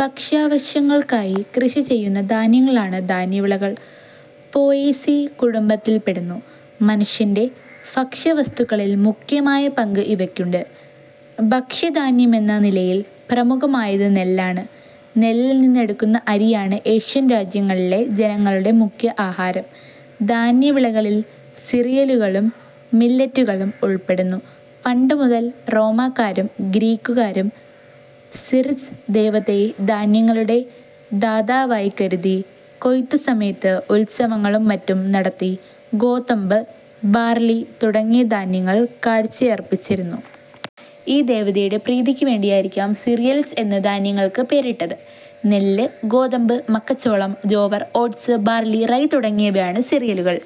ഭക്ഷ്യാവശ്യങ്ങൾക്കായി കൃഷിചെയ്യുന്ന ധാന്യങ്ങളാണ് ധാന്യവിളകൾ. Poaceae കുടുംബത്തിൽപ്പെടുന്നു. മനുഷ്യന്റെ ഭക്ഷ്യവസ്തുക്കളിൽ മുഖ്യമായ പങ്ക് ഇവയ്ക്കുണ്ട്. ഭക്ഷ്യധാന്യമെന്ന നിലയിൽ പ്രമുഖമായത് നെല്ലാണ്. നെല്ലിൽ നിന്നെടുക്കുന്ന അരിയാണ് ഏഷ്യൻ രാജ്യങ്ങളിലെ ജനങ്ങളുടെ മുഖ്യ ആഹാരം. ധാന്യവിളകളിൽ സിറിയലുകളും മില്ലെറ്റുകളും ഉൾപ്പെടുന്നു. പണ്ടുമുതൽ റോമാക്കാരും ഗ്രീക്കുകാരും സിറിസ് ദേവതയെ ധാന്യങ്ങളുടെ ദാതാവായിക്കരുതി കൊയ്ത്തുസമയത്ത് ഉത്സവങ്ങളും മറ്റും നടത്തി ഗോതമ്പ്, ബാർലി തുടങ്ങിയ ധാന്യങ്ങൾ കാഴ്ചയർപ്പിച്ചിരുന്നു. ഈ ദേവതയുടെ പ്രീതിക്കുവേണ്ടിയായിരിക്കാം സിറിയൽസ് എന്ന് ധാന്യങ്ങൾക്ക് പേരിട്ടത്. നെല്ല്, ഗോതമ്പ്, മക്കച്ചോളം, ജോവർ, ഓട്സ്, ബാർലി, റൈ തുടങ്ങിയവയാണ് സിറിയലുകൾ.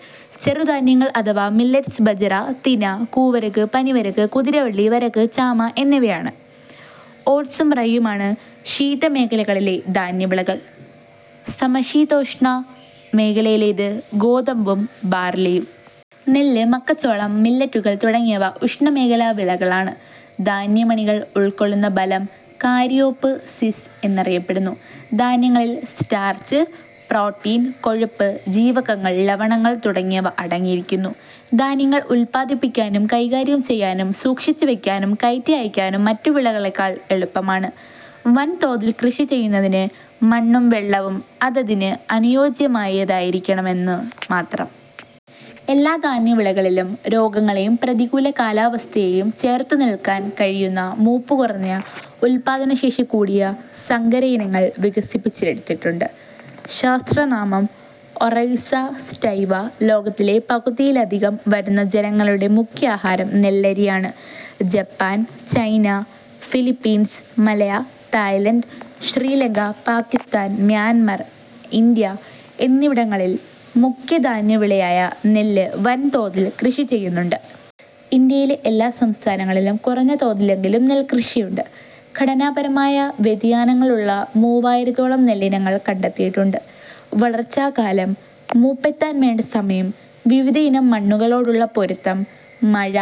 ചെറുധാന്യങ്ങൾ അഥവാ മില്ലെറ്റ്സ് ബജ്റ, തിന, കൂവരക്, പനിവരക്, കുതിരവള്ളി, വരക്, ചാമ എന്നിവയാണ്. ഓട്സും റൈയുമാണ് ശീതമേഖലകളിലെ ധാന്യവിളകൾ; സമശീതോഷ്ണ മേഖലയിലേത് ഗോതമ്പും ബാർലിയും. നെല്ല്, മക്കച്ചോളം, മില്ലെറ്റുകൾ തുടങ്ങിയവ ഉഷ്ണമേഖലാ വിളകളാണ്. ധാന്യമണികൾ ഉൾക്കൊള്ളുന്ന ഫലം കാരിയോപ് സിസ് എന്നറിയപ്പെടുന്നു. ധാന്യങ്ങളിൽ സ്റ്റാർച്ച്, പ്രോട്ടീൻ, കൊഴുപ്പ്, ജീവകങ്ങൾ, ലവണങ്ങൾ തുടങ്ങിയവ അടങ്ങിയിരിക്കുന്നു. ധാന്യങ്ങൾ ഉത്പാദിപ്പിക്കാനും കൈകാര്യം ചെയ്യാനും സൂക്ഷിച്ചുവയ്ക്കാനും കയറ്റി അയയ്ക്കാനും മറ്റു വിളകളെക്കാൾ എളുപ്പമാണ്. വൻതോതിൽ കൃഷിചെയ്യുന്നതിന് മണ്ണും വെള്ളവും അതതിന് അനുയോജ്യമായതായിരിക്കണമെന്നു മാത്രം. എല്ലാ ധാന്യവിളകളിലും രോഗങ്ങളെയും പ്രതികൂല കാലാവസ്ഥയെയും ചെറുത്തു നില്ക്കാൻ കഴിയുന്ന മൂപ്പു കുറഞ്ഞ, ഉത്പാദനശേഷി കൂടിയ സങ്കരയിനങ്ങൾ വികസിപ്പിച്ചെടുത്തിട്ടുണ്ട്. ശാസ്ത്രനാമം: ഒറൈസ സറ്റൈവ. ലോകത്തിലെ പകുതിയിലധികം വരുന്ന ജനങ്ങളുടെ മുഖ്യാഹാരം നെല്ലരിയാണ്. Japan, China, Philippines, Malaya, Thailand, Sri Lanka, Pakistan, Myanmar, India എന്നിവിടങ്ങളിൽ മുഖ്യ ധാന്യവിളയായ നെല്ല് വൻതോതിൽ കൃഷിചെയ്യുന്നുണ്ട്. ഇന്ത്യയിലെ എല്ലാ സംസ്ഥാനങ്ങളിലും കുറഞ്ഞ തോതിലെങ്കിലും നെൽക്കൃഷിയുണ്ട്. ഘടനാപരമായ വ്യതിയാനങ്ങളുള്ള മൂവായിരത്തോളം നെല്ലിനങ്ങൾ കണ്ടെത്തിയിട്ടുണ്ട്. വളർച്ചാകാലം; മൂപ്പെത്താൻ വേണ്ട സമയം; വിവിധയിനം മണ്ണുകളോടുള്ള പൊരുത്തം; മഴ,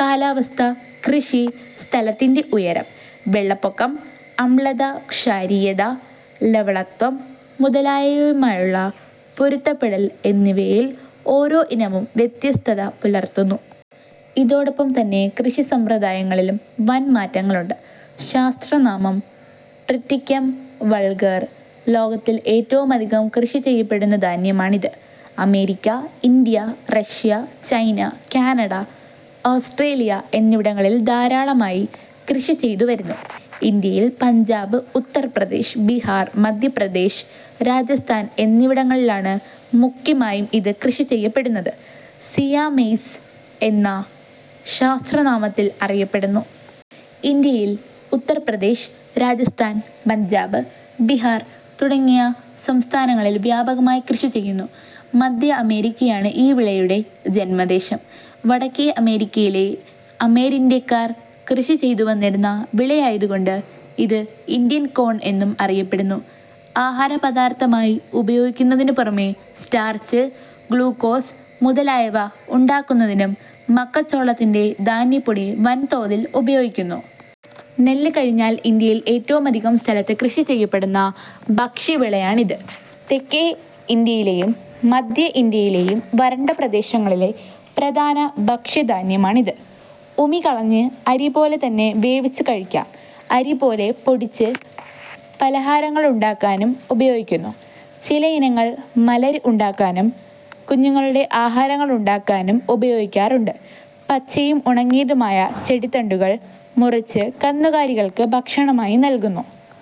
കാലാവസ്ഥ, കൃഷി സ്ഥലത്തിന്റെ ഉയരം, വെള്ളപ്പൊക്കം, അമ്ലത-ക്ഷാരീയത, ലവണത്വം മുതലായവയുമായുള്ള പൊരുത്തപ്പെടൽ എന്നിവയിൽ ഓരോ ഇനവും വ്യത്യസ്തത പുലർത്തുന്നു. ഇതോടൊപ്പംതന്നെ കൃഷിസമ്പ്രദായങ്ങളിലും വൻ മാറ്റങ്ങളുണ്ട്. ശാസ്ത്രനാമം: ട്രിറ്റിക്കം വൾഗേർ. ലോകത്തിൽ ഏറ്റവുമധികം കൃഷിചെയ്യപ്പെടുന്ന ധാന്യമാണിത്. America, India, Russia, China, Canada, Australia എന്നിവിടങ്ങളിൽ ധാരാളമായി കൃഷിചെയ്തുവരുന്നു. ഇന്ത്യയിൽ പഞ്ചാബ്, ഉത്തർപ്രദേശ്, ബിഹാർ, മധ്യപ്രദേശ്, രാജസ്ഥാൻ എന്നിവിടങ്ങളിലാണ് മുഖ്യമായും ഇത് കൃഷി ചെയ്യപ്പെടുന്നത്. സിയാ മെയ്സ് എന്ന ശാസ്ത്രനാമത്തിൽ അറിയപ്പെടുന്നു. ഇന്ത്യയിൽ ഉത്തർപ്രദേശ്, രാജസ്ഥാൻ, പഞ്ചാബ്, ബിഹാർ തുടങ്ങിയ സംസ്ഥാനങ്ങളിൽ വ്യാപകമായി കൃഷിചെയ്യുന്നു. മധ്യ അമേരിക്കയാണ് ഈ വിളയുടെ ജന്മദേശം. വടക്കേ അമേരിക്കയിലെ അമേരിന്ത്യക്കാർ കൃഷിചെയ്തുവന്നിരുന്ന വിളയായതുകൊണ്ട് ഇത് ഇന്ത്യൻ കോൺ എന്നും അറിയപ്പെടുന്നു. ആഹാരപദാർഥമായി ഉപയോഗിക്കുന്നതിനുപുറമേ സ്റ്റാർച്ച്, ഗ്ലൂക്കോസ് മുതലായവ ഉണ്ടാക്കുന്നതിനും മക്കച്ചോളത്തിന്റെ ധാന്യപ്പൊടി വൻതോതിൽ ഉപയോഗിക്കുന്നു. നെല്ല് കഴിഞ്ഞാൽ ഇന്ത്യയിൽ ഏറ്റവുമധികം സ്ഥലത്ത് കൃഷിചെയ്യപ്പെടുന്ന ഭക്ഷ്യവിളയാണിത്. തെക്കേ ഇന്ത്യയിലെയും മധ്യഇന്ത്യയിലെയും വരണ്ട പ്രദേശങ്ങളിലെ പ്രധാന ഭക്ഷ്യധാന്യമാണിത്. ഉമി കളഞ്ഞ് അരി പോലെതന്നെ വേവിച്ച് കഴിക്കാം. അരി പോലെ പൊടിച്ച് പലഹാരങ്ങളുണ്ടാക്കാനും ഉപയോഗിക്കുന്നു. ചിലയിനങ്ങൾ മലര് ഉണ്ടാക്കാനും കുഞ്ഞുങ്ങളുടെ ആഹാരങ്ങളുണ്ടാക്കാനും ഉപയോഗിക്കാറുണ്ട്. പച്ചയും ഉണങ്ങിയതുമായ ചെടിത്തണ്ടുകൾ മുറിച്ച് കന്നുകാലികൾക്ക് ഭക്ഷണമായി നല്കുന്നു.